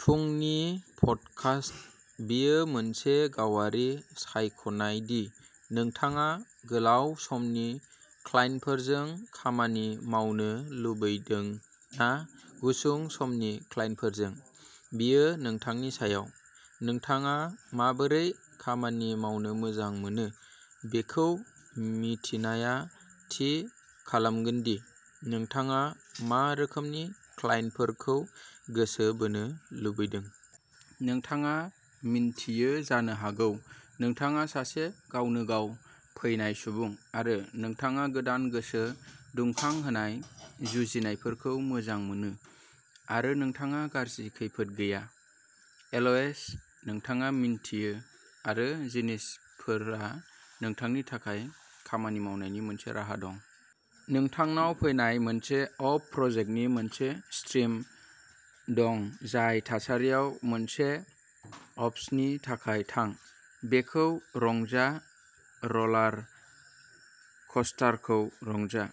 फुंनि पडकास्ट, बेयो मोनसे गावारि सायख'नाय दि नोंथाङा गोलाव समनि क्लाइन्टफोरजों खामानि मावनो लुबैदों ना गुसुं समनि क्लाइन्टफोरजों। बेयो नोंथांनि सायाव। नोंथाङा माबोरै खामानि मावनो मोजां मोनो बेखौ मिथिनाया थि खालामगोन दि नोंथाङा मा रोखोमनि क्लाइन्टफोरखौ गोसो बोनो लुबैदों। नोंथाङा मिन्थियो जानो हागौ नोंथाङा सासे गावनो-गाव फैनाय सुबुं आरो नोंथाङा गोदान गोसो दुंखां होनाय जुजिनायफोरखौ मोजां मोनो आरो नोंथाङा गाज्रि खैफोद गैया। एलएच नोंथाङा मिन्थियो आरो जिनिसफोरा नोंथांनि थाखाय खामानि मावनायनि मोनसे राहा दं। नोंथांनाव फैनाय मोनसे अफ प्रजेक्टनि मोनसे स्ट्रिम दं जाय थासारियाव मोनसे अफ्सनि थाखाय थां, बेखौ रंजा र'लार कस्टारखौ रंजा।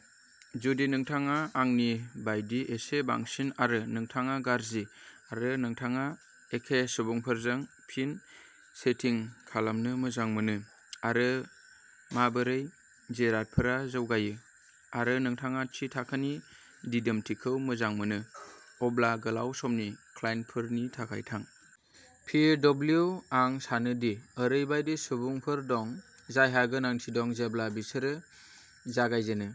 जुदि नोंथाङा आंनि बायदि एसे बांसिन आरो नोंथाङा गाज्रि आरो नोंथाङा एखे सुबुंफोरजों फिन चैटिं खालामनो मोजां मोनो आरो माबोरै जिरादफोरा जौगायो आरो नोंथाङा थि थाखोनि दिदोमथिखौ मोजां मोनो, अब्ला गोलाव समनि क्लाइन्टफोरनि थाखाय थां। पि डब्लिउ आं सानो दि ओरैबायदि सुबुंफोर दं जायहा गोनांथि दं जेब्ला बिसोरो जागायजेनो।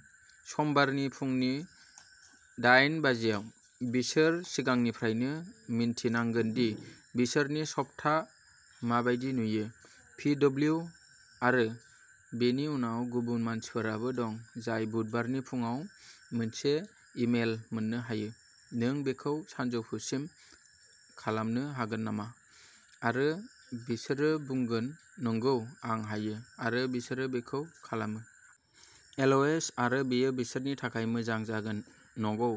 समबारनि फुंनि दायेन बाजियाव, बिसोर सिगांनिफ्रायनो मिन्थिनांगोन दि बिसोरनि सप्ता माबायदि नुयो। पि डब्लिउ आरो बेनि उनाव गुबुन मानसिफोरबो दं जाय बुधबारनि फुंआव मोनसे इमेल मोन्नो हायो, नों बेखौ सानजौफुसिम खालामनो हागोन नामा आरो बिसोरो बुंगोन नंगौ आं हायो आरो बिसोरो बेखौ खालामो। एलएच आरो बेयो बिसोरनि थाखाय मोजां जागोन, नगौ।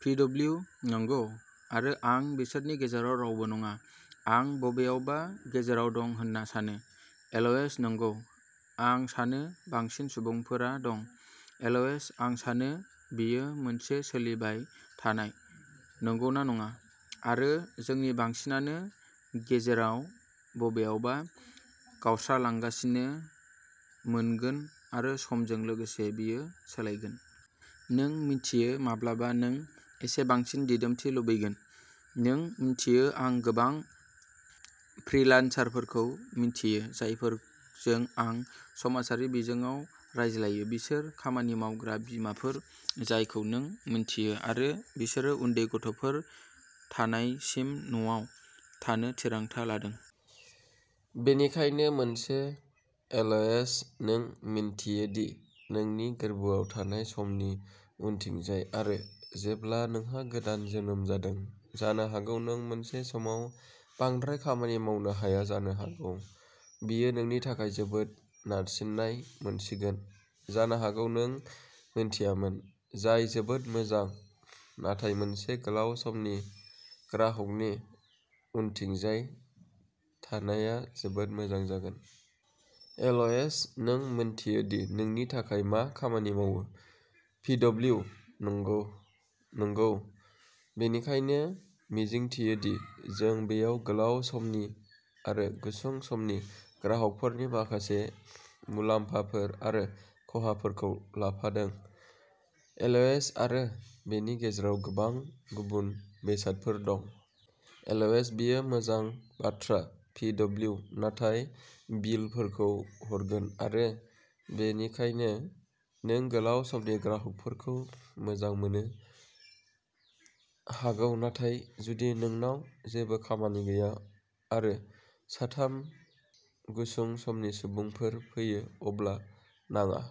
पि डब्लिउ नंगौ आरो आं बिसोरनि गेजेराव रावबो नङा, आं बबेयावबा गेजेराव दं होनना सानो। एलएच नंगौ आं सानो बांसिन सुबुंफोरा दं। एलएच आं सानो बेयो मोनसे सोलिबाय थानाय, नंगौना नङा आरो जोंनि बांसिनानो गेजेराव बबेयावबा गावस्रालांगासिनो मोनगोन आरो समजों लोगोसे बेयो सोलायगोन। नों मिथियो माब्लाबा नों एसे बांसिन दिदोमथि लुबैगोन। नों मिन्थियो आं गोबां फ्रिलान्सारफोरखौ मिन्थियो जायफोरजों आं समाजारि बिजोङाव रायज्लायो बिसोर खामानि मावग्रा बिमाफोर जायखौ नों मिन्थियो आरो बिसोरो उन्दै गथ'फोर थानायसिम न'आव थानो थिरांथा लादों। बेनिखायनो मोनसे एल एच नों मिन्थियो दि नोंनि गोर्बोआव थानाय समनि उनथिंजाय आरो जेब्ला नोंहा गोदान जोनोम जादों जानो हागौ नों मोनसे समाव बांद्राय खामानि मावनो हाया जानो हागौ बेयो नोंनि थाखाय जोबोद नारसिननाय मोनसिगोन जानो हागौ नों मिन्थियामोन, जाय जोबोद मोजां नाथाय मोनसे गोलाव समनि ग्राहकनि उनथिंजाय थानायआ जोबोद मोजां जागोन। एल एच नों मिन्थियो दि नोंनि थाखाय मा खामानि मावो। पि डब्लिउ नंगौ, नंगौ। बेनिखायनो मिजिंथियोदि जों बेयाव गोलाव समनि आरो गुसुं समनि ग्राहकफोरनि माखासे मुलाम्फाफोर आरो खहाफोरखौ लाफादों। एल एच आरो बेनि गेजेराव गोबां गुबुन बेसादफोर दं। एल एच बेयो मोनसे मोजां बाथ्रा। पि डब्लिउ नाथाय बिलफोरखौ हरगोन आरो बेनिखायनो नों गोलाव समनि ग्राहकफोरखौ मोजां मोनो हागौ नाथाय जुदि नोंनाव जेबो खामानि गैया आरो साथाम गुसुं समनि सुबुंफोर फैयो अब्ला नाङा।